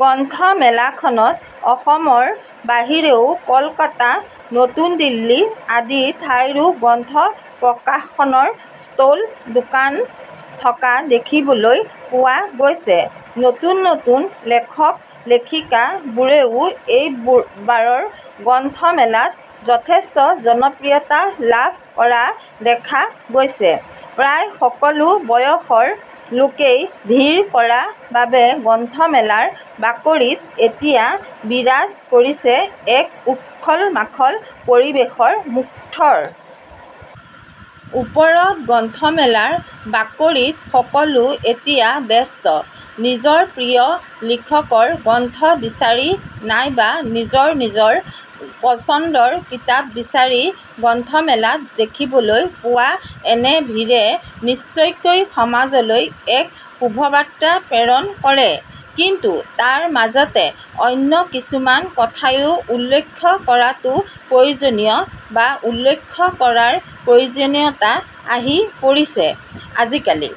গ্ৰন্থমেলাখনত অসমৰ বাহিৰেও কলকাতা, নতুন দিল্লী আদি ঠাইৰো গ্ৰন্থ প্ৰকাশনৰ ষ্টল দোকান থকা দেখিবলৈ পোৱা গৈছে। নতুন নতুন লেখক-লেখিকাবোৰেও এইবাৰৰ গ্ৰন্থ মেলাত যথেষ্ট জনপ্ৰিয়তা লাভ কৰা দেখা গৈছে। প্ৰায় সকলো বয়সৰ লোকেই ভিৰ কৰা বাবে গ্ৰন্থ মেলাৰ বাকৰিত এতিয়া বিৰাজ কৰিছে এক উখল-মাখল পৰিৱেশৰ। মুঠৰ ওপৰত গ্ৰন্থমেলাৰ বাকৰিত সকলো এতিয়া ব্যস্ত নিজৰ প্ৰিয় লিখকৰ গ্ৰন্থ বিচাৰি নাইবা নিজৰ নিজৰ পছন্দৰ কিতাপ বিচাৰি গ্ৰন্থমেলাত দেখিবলৈ পোৱা এনে ভিৰে নিশ্চয়কৈ সমাজলৈ এক শুভবাৰ্তা প্ৰেৰণ কৰে। কিন্তু তাৰ মাজতে অন্য কিছুমান কথাও উল্লেখ কৰাটো প্ৰয়োজনীয় বা উল্লেখ কৰাৰ প্ৰয়োজনীয়তা আহি পৰিছে। আজিকালি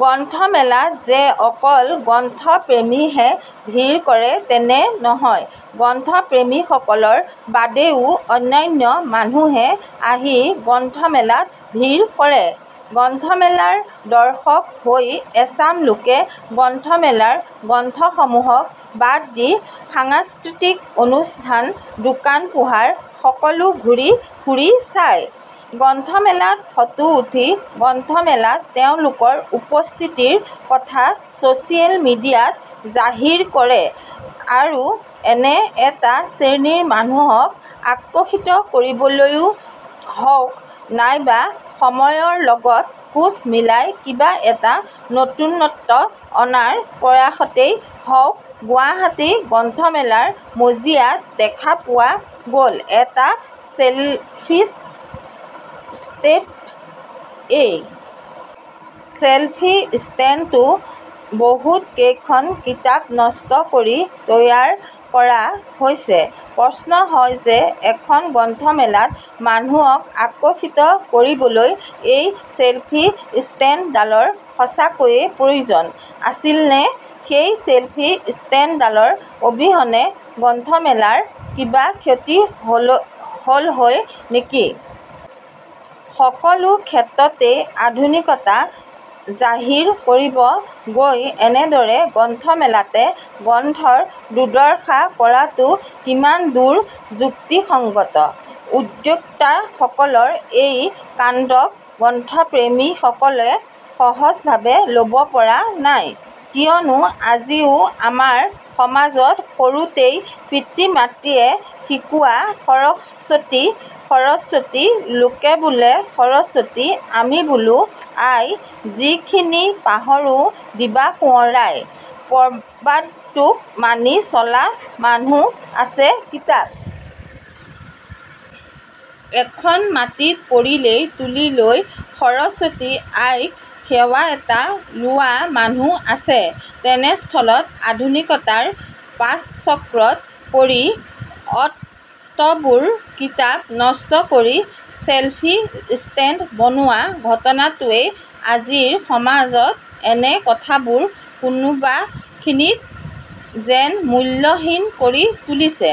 গ্ৰন্থমেলাত যে অকল গ্ৰন্থপ্ৰেমীয়েহে ভিৰ কৰে তেনে নহয়। গ্ৰন্থপ্ৰেমীসকলৰ বাদেও অন্যান্য মানুহেও আহি গ্ৰন্থমেলাত ভিৰ কৰে। গ্ৰন্থমেলাৰ দৰ্শক হৈ এচাম লোকে গ্ৰন্থমেলাৰ গ্ৰন্থসমূহক বাদ দি সাংস্কৃতিক অনুষ্ঠান দোকান পোহাৰ সকলো ঘূৰি-ফুৰি চায়। গ্ৰন্থমেলাত ফটো উঠি, গ্ৰন্থমেলাত তেওঁলোকৰ উপস্থিতিৰ কথা ছচিয়েল মিডিয়াত জাহিৰ কৰে আৰু এনে এটা শ্ৰেণীৰ মানুহক আকৰ্ষিত কৰিবলৈয়ে হওঁক নাইবা সময়ৰ লগত খোজ মিলাই কিবা এটা নতুনত্ব অনাৰ প্ৰয়াসতেই হওঁক, গুৱাহাটী গ্ৰন্থমেলাৰ মজিয়াত দেখা পোৱা গ'ল এটা চেল্ফি ষ্টেণ্ড। এই চেল্ফি ষ্টেণ্ডটো বহুত কেইখন কিতাপ নষ্ট কৰি তৈয়াৰ কৰা হৈছে। প্ৰশ্ন হয় যে এখন গ্ৰন্থমেলাত মানুহক আকৰ্ষিত কৰিবলৈ এই চেল্ফি ষ্টেণ্ডডালৰ সঁচাকৈয়ে প্ৰয়োজন আছিল নে ?সেই চেল্ফি ষ্টেণ্ডডালৰ অবিহনে গ্ৰন্থমেলাৰ কিবা ক্ষতি হ'লহৈ নেকি? সকলো ক্ষেত্ৰতে আধুনিকতা জাহিৰ কৰিব গৈ এনেদৰে গ্ৰন্থমেলাতে গ্ৰন্থৰ দুৰ্দশা কৰাটো কিমান দূৰ যুক্তিসংগত? উদ্যোক্তাসকলৰ এই কাণ্ডক গ্ৰন্থপ্ৰেমীসকলে সহজভাৱে ল'ব পৰা নাই, কিয়নো আজিও আমাৰ সমাজত সৰুতেই পিতৃ-মাতৃয়ে শিকোৱা সৰস্বতী সৰস্বতী লোকে বোলে সৰস্বতী আমি বোলো আই যিখিনি পাহৰো দিবা সোঁৱৰাই প্ৰবাদটোক মানি চলা মানুহ আছে। কিতাপ এখন মাটিত পৰিলেই তুলি লৈ সৰস্বতী আইক সেৱা এটা লোৱা মানুহ আছে। তেনেস্থলত আধুনিকতাৰ পাকচক্ৰত পৰি অতবোৰ কিতাপ নষ্ট কৰি চেল্ফি ষ্টেণ্ড বনোৱা ঘটনাটোৱে আজিৰ সমাজত এনে কথাবোৰ কোনোবাখিনিত যেন মূল্যহীন কৰি তুলিছে।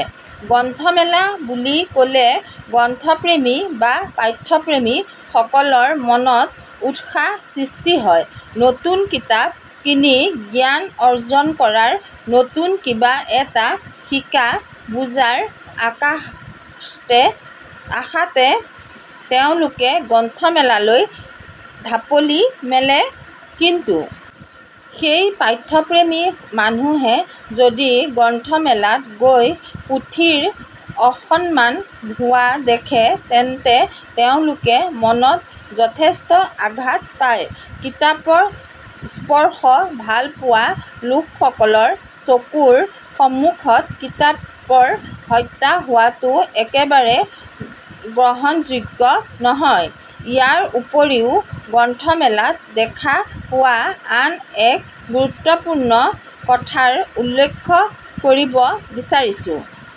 গ্ৰন্থমেলা বুলি কলে গ্ৰন্থপ্ৰেমী বা পাঠ্যপ্ৰেমী সকলৰ মনত উৎসাহৰ সৃষ্টি হয় ,নতুন কিতাপ কিনি জ্ঞান অৰ্জন কৰাৰ নতুন কিবা এটা শিকা বুজাৰ আশাতে তেওঁলোকে গ্ৰন্থমেলালৈ ঢাপলি মেলে। কিন্তু সেই পাঠ্যপ্ৰেমী মানুহে যদি গ্ৰন্থমেলাত গৈ পুথিৰ অসন্মান হোৱা দেখে তেন্তে তেওঁলোকে মনত যথেষ্ট আঘাত পায়। কিতাপৰ স্পৰ্শ ভালপোৱা লোকসকলৰ চকুৰ সমুখতে কিতাপৰ হত্যা হোৱাটো একেবাৰে গ্ৰহণযোগ্য নহয়। ইয়াৰ উপৰিও গ্ৰন্থমেলাত দেখা পোৱা আন এক গুৰুত্বপূৰ্ণ কথাৰ উল্লেখ কৰিব বিচাৰিছো।